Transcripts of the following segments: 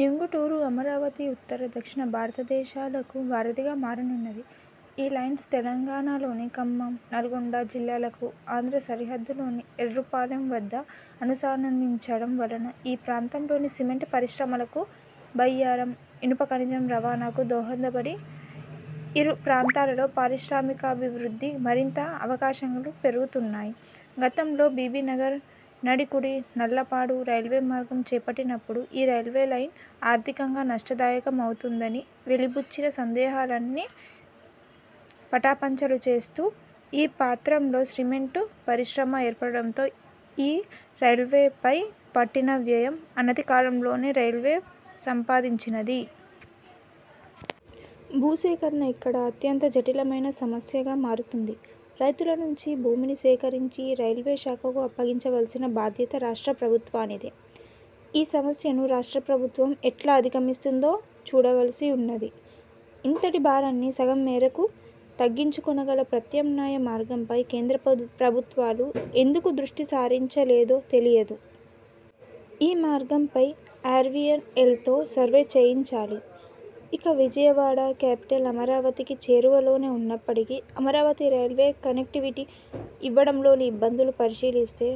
న్యూంగుటూరు, అమరావతి ఉత్తర–దక్షిణ భారతదేశాలకు వారధిగా మారనున్నది. ఈ లైన్స్ తెలంగాణలోని ఖమ్మం, నల్గొండ జిల్లాలకు ఆంధ్ర సరిహద్దులోని ఎర్రుపాలెం వద్ద అనుసంధానించడం వలన ఈ ప్రాంతంలోని సిమెంట్ పరిశ్రమలకు, బయ్యారం ఇనుపఖనిజం రవాణాకు దోహదంపడి ఇరు ప్రాంతాలలో పారిశ్రామికాభివృద్ధి మరింత అవకాశాలు పెరుగుతాయి. గతంలో బీబీనగర్– నడికుడి– నల్లపాడు రైల్వే మార్గం చేపట్టినప్పుడు ఈ రైల్వేలైన్ ఆర్థికంగా నష్టదాయకమవుతుందని వెలిబుచ్చిన సందేహాలన్నీ పటాపంచలు చేస్తూ ఈ ప్రాంతంలో సిమెంటు పరిశ్రమలు ఏర్పడడంతో ఈ రైల్వే లైన్ పై పెట్టిన వ్యయం అనతి కాలంలోనే రైల్వే సంపాదించింది. భూసేకరణ ఇక్కడ అత్యంత జటిలమైన సమస్యగా మారుతుంది. రైతుల నుంచి భూమిని సేకరించి రైల్వే శాఖకు అప్పగించవలసిన బాధ్యత రాష్ట్ర ప్రభుత్వానిదే. ఈ సమస్యను రాష్ట్ర ప్రభుత్వం ఎట్లా అధిగమిస్తుందో చూడవలసి ఉన్నది. ఇంతటి భారాన్ని సగం మేరకు తగ్గించుకొనగల ప్రత్యామ్నాయ మార్గంపై కేంద్ర ప్రభుత్వాలు ఎందుకు దృష్టిసారించలేదో తెలియదు. ఈ మార్గంపై ఆర్వియన్ఎల్తో సర్వే చేయించాలి. ఇక విజయవాడ కేపిటల్ అమరావతికి చేరువలోనే ఉన్నప్పటికీ అమరావతికి రైల్వే కనెక్టివిటీ ఇవ్వడంలోని ఇబ్బందులు పరిశీలిస్తే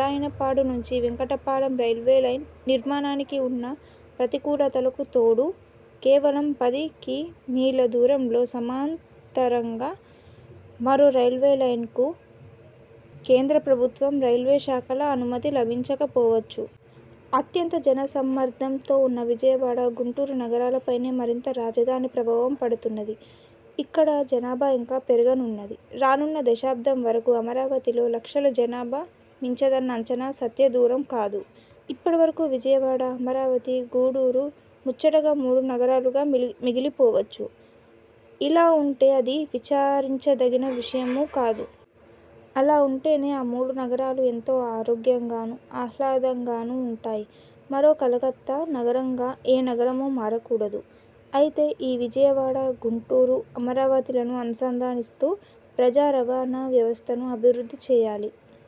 రాయనపాడు నుంచి వెంకటపాలెం రైల్వే లైన్ నిర్మాణానికి ఉన్న ప్రతికూలతలకు తోడు కేవలం పది కి. మీల దూరంలో సమాంతరంగా మరో రైల్వే లైన్కు కేంద్ర ప్రభుత్వం, రైల్వే శాఖల అనుమతి లభించకపోవచ్చు. అత్యంత జనసమ్మర్దంతో ఉన్న విజయవాడ, గుంటూరు నగరాలపైనే మరింతగా రాజధాని ప్రభావం పడుతున్నది. ఇక్కడ జనాభా ఇంకా పెరగనున్నది. రానున్న దశాబ్దం వరకు అమరావతిలో లక్షల జనాభా మించదన్న అంచనా సత్యదూరం కాదు. ఇప్పటివరకు విజయవాడ, అమరావతి, గుంటూరు ముచ్చటగా మూడు నగరాలుగానే మిగిలిపోవచ్చు. ఇలా ఉంటే అది విచారించదగిన విషయమూ కాదు. అలా ఉంటేనే ఆ మూడు నగరాలు ఎంతో ఆరోగ్యంగానూ, ఆహ్లాదంగానూ ఉంటాయి. మరో కలకత్తా నగరంగా ఏ నగరమూ మారకూడదు. అయితే ఈ విజయవాడ, గుంటూరు, అమరావతిలను అనుసంధానిస్తూ ప్రజారవాణా వ్యవస్థను అభివృద్ధి చేయాలి.